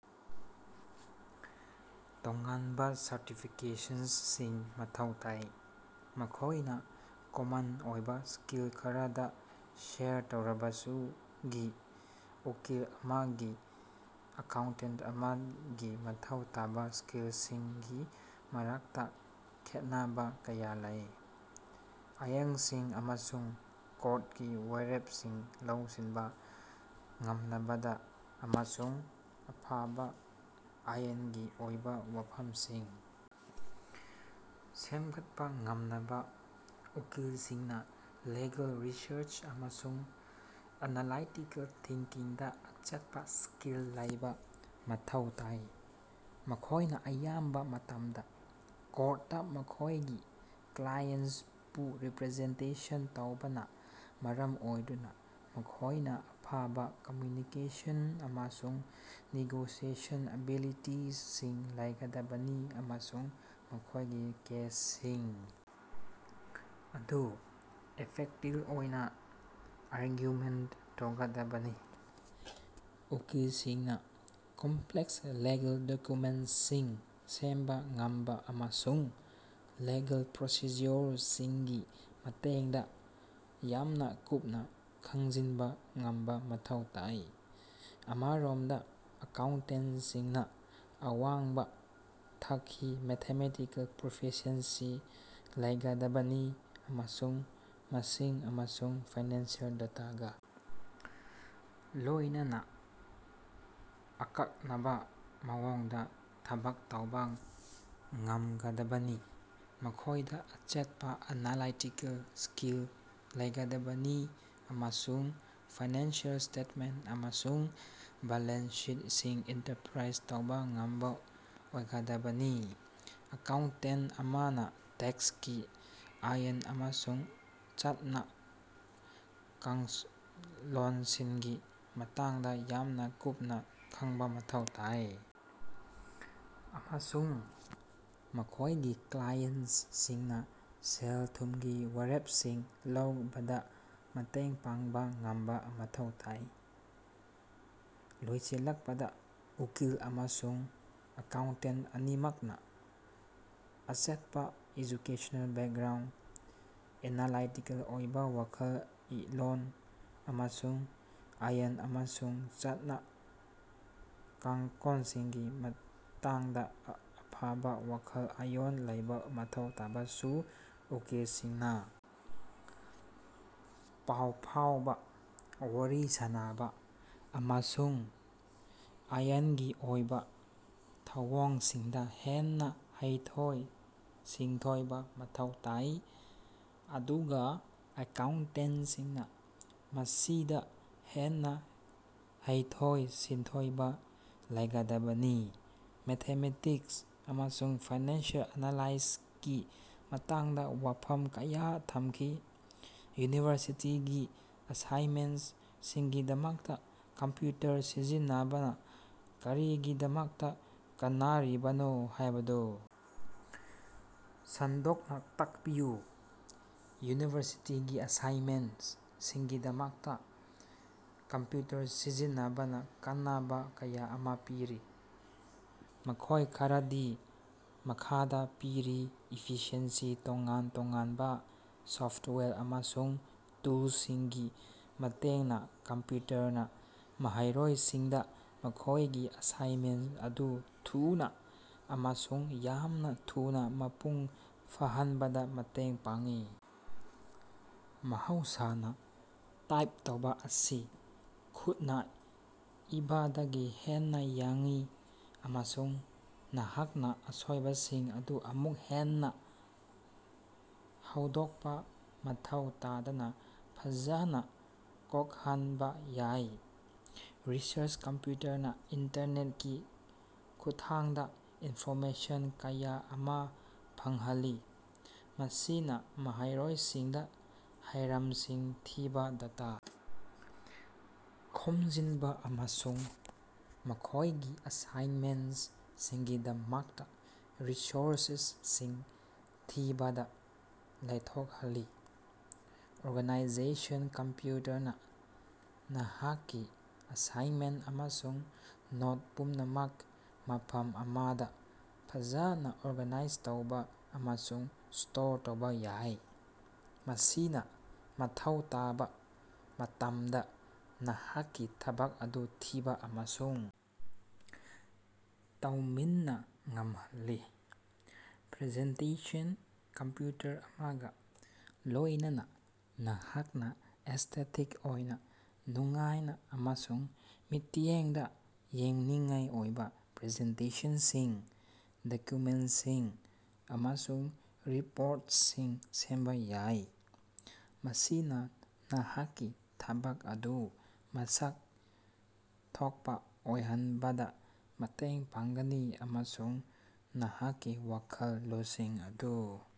ꯇꯣꯉꯥꯟꯕ ꯁꯔꯇꯤꯐꯤꯀꯦꯁꯟꯁꯤꯡ ꯃꯊꯧ ꯇꯥꯏ꯫ ꯃꯈꯣꯏꯅ ꯀꯃꯟ ꯑꯣꯏꯕ ꯁ꯭ꯀꯤꯜ ꯈꯔꯗꯥ ꯁꯦꯌꯔ ꯇꯧꯔꯕꯁꯨ, ꯎꯀꯤꯜ ꯑꯃꯥꯗꯤ ꯑꯦꯀꯥꯎꯟꯇꯦꯟꯇ ꯑꯃꯥꯒꯤ ꯃꯊꯧ ꯇꯥꯕ ꯁ꯭ꯀꯤꯜꯁꯤꯡꯒꯤ ꯃꯔꯛꯇꯥ ꯈꯦꯠꯅꯕꯥ ꯀꯌꯥ ꯂꯩ꯫ ꯑꯥꯏꯅꯁꯤꯡ ꯑꯃꯁꯨꯡ ꯀꯣꯔꯇꯀꯤ ꯋꯥꯔꯦꯞꯁꯤꯡ ꯂꯧꯁꯤꯟꯕ ꯉꯝꯅꯕ, ꯑꯃꯁꯨꯡ ꯑꯐꯕ ꯑꯥꯏꯅꯒꯤ ꯑꯣꯏꯕ ꯋꯥꯐꯝꯁꯤꯡ ꯁꯦꯝꯒꯠꯄꯥ ꯉꯝꯅꯕ ꯎꯀꯤꯜꯁꯤꯡꯅꯥ ꯂꯤꯒꯦꯜ ꯔꯤꯁꯔꯆ ꯑꯃꯁꯨꯡ ꯑꯦꯅꯥꯂꯥꯏꯇꯤꯀꯦꯜ ꯊꯤꯡꯀꯤꯡꯗꯥ ꯑꯆꯦꯠꯄꯥ ꯁ꯭ꯀꯤꯜ ꯂꯩꯕ ꯃꯊꯧ ꯇꯥꯏ꯫ ꯃꯈꯣꯏꯅ ꯑꯌꯥꯝꯕ ꯃꯇꯝꯗꯥ ꯀꯣꯔꯠꯇꯥ ꯃꯈꯣꯏꯒꯤ ꯀ꯭ꯂꯥꯏꯁꯤꯡꯕꯨ ꯔꯤꯞꯔꯖꯦꯟꯇꯦꯠ ꯇꯧꯕꯅ ꯃꯔꯝ ꯑꯣꯏꯗꯨꯅ ꯃꯈꯣꯏꯅ ꯑꯐꯕ ꯀꯝꯝꯌꯨꯅꯤꯀꯦꯁꯟ ꯑꯃꯁꯨꯡ ꯅꯦꯒꯣꯁꯤꯑꯦꯁꯟ ꯑꯦꯕꯤꯂꯤꯇꯤꯁꯤꯡ ꯂꯩꯒꯗꯕꯅꯤ ꯑꯃꯁꯨꯡ ꯃꯈꯣꯏꯒꯤ ꯀꯦꯁꯁꯤꯡ ꯑꯗꯨ ꯏꯐꯦꯛꯇꯤꯜ ꯑꯣꯏꯅ ꯑꯥꯔꯒꯨꯃꯦꯟꯇ ꯇꯧꯒꯗꯕꯅꯤ꯫ ꯎꯀꯤꯜꯁꯤꯡꯅ ꯀꯝꯞꯂꯦꯛꯁ ꯂꯤꯒꯦꯜ ꯗꯣꯛꯌꯨꯃꯦꯟꯠꯁꯤꯡ ꯁꯦꯝꯕ ꯉꯝꯕ ꯑꯃꯁꯨꯡ ꯂꯤꯒꯦꯜ ꯄ꯭ꯔꯣꯁꯤꯗ꯭ꯌꯨꯑꯣꯔꯁꯤꯡꯒꯤ ꯃꯇꯥꯡꯗ ꯌꯥꯝꯅ ꯀꯨꯞꯅꯥ ꯈꯪꯖꯤꯟꯕ ꯉꯝꯕ ꯃꯊꯧ ꯇꯥꯏ꯫ ꯑꯃꯔꯣꯝꯗꯥ ꯑꯦꯀꯥꯎꯟꯇꯦꯟꯇꯁꯤꯡꯅꯥ ꯑꯋꯥꯡꯕ ꯊꯥꯛꯀꯤ ꯃꯦꯊꯃꯦꯇꯤꯀꯦꯜ ꯄ꯭ꯔꯣꯐꯤꯁꯤꯑꯦꯟꯁꯤ ꯂꯩꯒꯗꯕꯅꯤ ꯑꯃꯁꯨꯡ ꯃꯁꯤꯡ ꯑꯃꯁꯨꯡ ꯐꯥꯏꯅꯥꯟꯁꯤꯑꯦꯜ ꯗꯦꯇꯥꯒꯥ ꯂꯣꯏꯅꯅꯥ ꯑꯀꯛꯅꯕ ꯃꯑꯣꯡꯗ ꯊꯕꯛ ꯇꯧꯕꯥ ꯉꯝꯒꯗꯕꯅꯤ꯫ ꯃꯈꯣꯏꯗ ꯑꯆꯦꯠꯄꯥ ꯑꯦꯅꯥꯂꯥꯏꯇꯤꯀꯦꯜ ꯁ꯭ꯀꯤꯜ ꯂꯩꯒꯗꯕꯅꯤ ꯑꯃꯁꯨꯡ ꯐꯥꯏꯅꯥꯟꯁꯤꯑꯦꯜ ꯁ꯭ꯇꯦꯇꯃꯦꯟꯇ ꯑꯃꯁꯨꯡ ꯕꯦꯂꯦꯟꯁ ꯁꯤꯠꯁꯤꯡ ꯏꯟꯇꯔꯞꯔꯥꯏꯖ ꯇꯧꯕ ꯉꯝꯕꯥ ꯑꯣꯏꯒꯗꯕꯅꯤ꯫ ꯑꯦꯀꯥꯎꯟꯇꯦꯟꯇ ꯑꯃꯅꯥ ꯇꯦꯛꯁꯀꯤ ꯑꯥꯏꯟ ꯑꯃꯁꯨꯡ ꯆꯠꯅ-ꯀꯥꯡꯂꯣꯟꯁꯤꯡꯒꯤ ꯃꯇꯥꯡꯗ ꯌꯥꯝꯅ ꯀꯨꯞꯅ ꯈꯪꯕꯥ ꯃꯊꯧ ꯇꯥꯏ, ꯑꯃꯁꯨꯡ ꯃꯈꯣꯏꯒꯤ ꯀ꯭ꯂꯥꯏꯟꯇꯁꯤꯡꯅꯥ ꯁꯦꯜ-ꯊꯨꯝꯒꯤ ꯋꯥꯔꯦꯞꯁꯤꯡ ꯂꯧꯕꯗꯥ ꯃꯇꯦꯡ ꯄꯥꯡꯕ ꯉꯝꯕ ꯃꯊꯧ ꯇꯥꯏ꯫ ꯂꯣꯏꯁꯤꯜꯂꯛꯄꯗꯥ, ꯎꯀꯤꯜ ꯑꯃꯁꯨꯡ ꯑꯦꯀꯥꯎꯟꯇꯦꯟꯇ ꯑꯅꯤꯃꯛꯅ ꯑꯆꯦꯠꯄꯥ ꯑꯦꯖꯨꯀꯦꯁꯅꯦꯜ ꯕꯦꯀꯒ꯭ꯔꯥꯎꯟꯗ, ꯑꯦꯅꯥꯂꯥꯏꯇꯤꯀꯦꯜ ꯑꯣꯏꯕꯥ ꯋꯥꯈꯜꯂꯣꯟ, ꯑꯃꯁꯨꯡ ꯑꯥꯏꯟ ꯑꯃꯁꯨꯡ ꯆꯠꯅ-ꯀꯥꯡꯂꯣꯟꯁꯤꯡꯒꯤ ꯃꯇꯥꯡꯗ ꯑꯐꯕ ꯋꯥꯈꯜꯂꯣꯟ ꯂꯩꯕ ꯃꯊꯧ ꯇꯥꯕꯁꯨ, ꯎꯀꯤꯜꯁꯤꯡꯅꯥ ꯄꯥꯎ ꯐꯥꯎꯕꯥ, ꯋꯥꯔꯤ ꯁꯥꯅꯕꯥ, ꯑꯃꯁꯨꯡ ꯑꯥꯏꯅꯒꯤ ꯑꯣꯏꯕ ꯊꯧꯑꯣꯡꯁꯤꯡꯗꯥ ꯍꯦꯟꯅꯥ ꯍꯩꯊꯣꯏ-ꯁꯤꯡꯊꯣꯏꯕ ꯃꯊꯧ ꯇꯥꯏ, ꯑꯗꯨꯒꯥ ꯑꯦꯀꯥꯎꯟꯇꯦꯟꯇꯁꯤꯡꯅꯥ ꯃꯁꯤꯗꯥ ꯍꯦꯟꯅꯥ ꯍꯩꯊꯣꯏ-ꯁꯤꯡꯊꯣꯏꯕ ꯂꯩꯒꯗꯕꯅꯤ꯫ ꯃꯦꯊꯃꯦꯇꯤꯛꯁ ꯑꯃꯁꯨꯡ ꯐꯥꯏꯅꯥꯟꯁꯤꯑꯦꯜ ꯑꯦꯅꯥꯂꯥꯏꯁꯤꯁꯀꯤ ꯃꯇꯥꯡꯗ ꯋꯥꯐꯝ ꯀꯌꯥ ꯊꯝꯈꯤ꯫ ꯌꯨꯅꯤꯚꯔꯁꯤꯇꯤꯒꯤ ꯑꯦꯁꯥꯏꯅꯃꯦꯟꯠꯁꯤꯡꯒꯤꯗꯃꯛꯇꯥ ꯀꯝꯞꯌꯨꯇꯔ ꯁꯤꯖꯤꯟꯅꯕꯅ ꯀꯔꯤꯒꯤꯗꯃꯛꯇꯥ ꯀꯥꯟꯅꯔꯤꯕꯅꯣ ꯍꯥꯏꯕꯗꯨ ꯁꯟꯗꯣꯛꯅꯥ ꯇꯥꯛꯄꯤꯌꯨ꯫ ꯌꯨꯅꯤꯚꯔꯁꯤꯇꯤꯒꯤ ꯑꯦꯁꯥꯏꯅꯃꯦꯟꯠꯁꯤꯡꯒꯤꯗꯃꯛꯇꯥ ꯀꯝꯞꯌꯨꯇꯔ ꯁꯤꯖꯤꯟꯅꯕꯅ ꯀꯥꯟꯅꯕ ꯀꯌꯥ ꯑꯃꯥ ꯄꯤꯔꯤ꯫ ꯃꯈꯣꯏ ꯈꯔꯗꯤ ꯃꯈꯥꯗꯥ ꯄꯤꯔꯤ ꯏꯐꯤꯁꯤꯑꯦꯟꯁꯤ ꯇꯣꯉꯥꯟ-ꯇꯣꯉꯥꯟꯕ ꯁꯣꯐꯇꯋꯥꯌꯔ ꯑꯃꯁꯨꯡ ꯇꯨꯂꯁꯤꯡꯒꯤ ꯃꯇꯦꯡꯅꯥ ꯀꯝꯞꯌꯨꯇꯔꯅꯥ ꯃꯍꯩꯔꯣꯏꯁꯤꯡꯗꯥ ꯃꯈꯣꯏꯒꯤ ꯑꯦꯁꯥꯏꯅꯃꯦꯟꯠꯁꯤꯡ ꯑꯗꯨ ꯊꯨꯅꯥ ꯑꯃꯁꯨꯡ ꯌꯥꯝꯅ ꯊꯨꯅꯥ ꯃꯄꯨꯡ ꯐꯥꯍꯟꯕꯗ ꯃꯇꯦꯡ ꯄꯥꯡꯏ꯫ ꯃꯍꯧꯁꯥꯅꯥ ꯇꯥꯏꯞ ꯇꯧꯕ ꯑꯁꯤ ꯈꯨꯠꯅꯥ ꯏꯕꯗꯒꯤ ꯍꯦꯟꯅꯥ ꯌꯥꯡꯏ, ꯑꯃꯁꯨꯡ ꯅꯍꯥꯛꯅꯥ ꯑꯁꯣꯏꯕꯁꯤꯡ ꯑꯗꯨ ꯑꯃꯨꯛ ꯍꯟꯅꯥ ꯍꯧꯗꯣꯛꯄꯥ ꯃꯊꯧ ꯇꯥꯗꯅ ꯐꯖꯅ ꯀꯣꯛꯍꯟꯕ ꯌꯥꯏ꯫ ꯔꯤꯁꯔꯆ ꯀꯝꯞꯌꯨꯇꯔꯅꯥ ꯏꯟꯇꯔꯅꯦꯇꯀꯤ ꯈꯨꯠꯊꯥꯡꯗ ꯏꯟꯐꯣꯔꯃꯦꯁꯟ ꯀꯌꯥ ꯑꯃꯥ ꯐꯪꯍꯜꯂꯤ꯫ ꯃꯁꯤꯅꯥ ꯃꯍꯩꯔꯣꯏꯁꯤꯡꯗꯥ ꯍꯤꯔꯝꯁꯤꯡ ꯊꯤꯕ, ꯗꯦꯇꯥ ꯈꯣꯝꯖꯤꯟꯕ ꯑꯃꯁꯨꯡ ꯃꯈꯣꯏꯒꯤ ꯑꯦꯁꯥꯏꯅꯃꯦꯟꯠꯁꯤꯡꯒꯤꯗꯃꯛꯇꯥ ꯔꯤꯁꯣꯔꯁꯁꯤꯡ ꯊꯤꯕꯗ ꯂꯥꯏꯊꯣꯛꯍꯜꯂꯤ꯫ ꯑꯣꯔꯒꯥꯅꯥꯏꯖꯦꯁꯟ ꯀꯝꯞꯌꯨꯇꯔ ꯑꯃꯅꯥ ꯅꯍꯥꯛꯀꯤ ꯑꯦꯁꯥꯏꯅꯃꯦꯟꯠ ꯑꯃꯁꯨꯡ ꯅꯣꯠ ꯄꯨꯝꯅꯃꯛ ꯃꯐꯝ ꯑꯃꯗ ꯐꯖꯅ ꯑꯣꯔꯒꯥꯅꯥꯏꯖ ꯇꯧꯕ ꯑꯃꯁꯨꯡ ꯁ꯭ꯇꯣꯔ ꯇꯧꯕ ꯌꯥꯏ꯫ ꯃꯁꯤꯅ ꯃꯊꯧ ꯇꯥꯕ ꯃꯇꯝꯗ ꯅꯍꯥꯛꯀꯤ ꯊꯕꯛ ꯑꯗꯨ ꯊꯤꯕ ꯑꯃꯁꯨꯡ ꯇꯧꯃꯤꯟꯅꯕ ꯉꯝꯍꯜꯂꯤ꯫ ꯄ꯭ꯔꯖꯦꯟꯇꯦꯁꯟ ꯀꯝꯞꯌꯨꯇꯔ ꯑꯃꯒꯥ ꯂꯣꯏꯅꯅꯥ ꯅꯍꯥꯛꯅꯥ ꯑꯦꯁ꯭ꯇꯦꯇꯤꯛ ꯑꯣꯏꯅ ꯅꯨꯡꯉꯥꯏꯕ ꯑꯃꯁꯨꯡ ꯃꯤꯠꯌꯦꯡꯗꯥ ꯌꯦꯡꯅꯤꯡꯉꯥꯏ ꯑꯣꯏꯕ ꯄ꯭ꯔꯖꯦꯟꯇꯦꯁꯟꯁꯤꯡ, ꯗꯣꯛꯌꯨꯃꯦꯟꯠꯁꯤꯡ ꯑꯃꯁꯨꯡ ꯔꯤꯄꯣꯔꯇꯁꯤꯡ ꯁꯦꯝꯕ ꯌꯥꯏ꯫ ꯃꯁꯤꯅꯥ ꯅꯍꯥꯛꯀꯤ ꯊꯕꯛ ꯑꯗꯨ ꯃꯁꯛ ꯊꯣꯛꯄꯥ ꯑꯣꯏꯍꯟꯕꯗ ꯃꯇꯦꯡ ꯄꯥꯡꯒꯅꯤ ꯑꯃꯁꯨꯡ ꯅꯍꯥꯛꯀꯤ ꯋꯥꯈꯜꯂꯣꯟꯁꯤꯡ ꯑꯗꯨ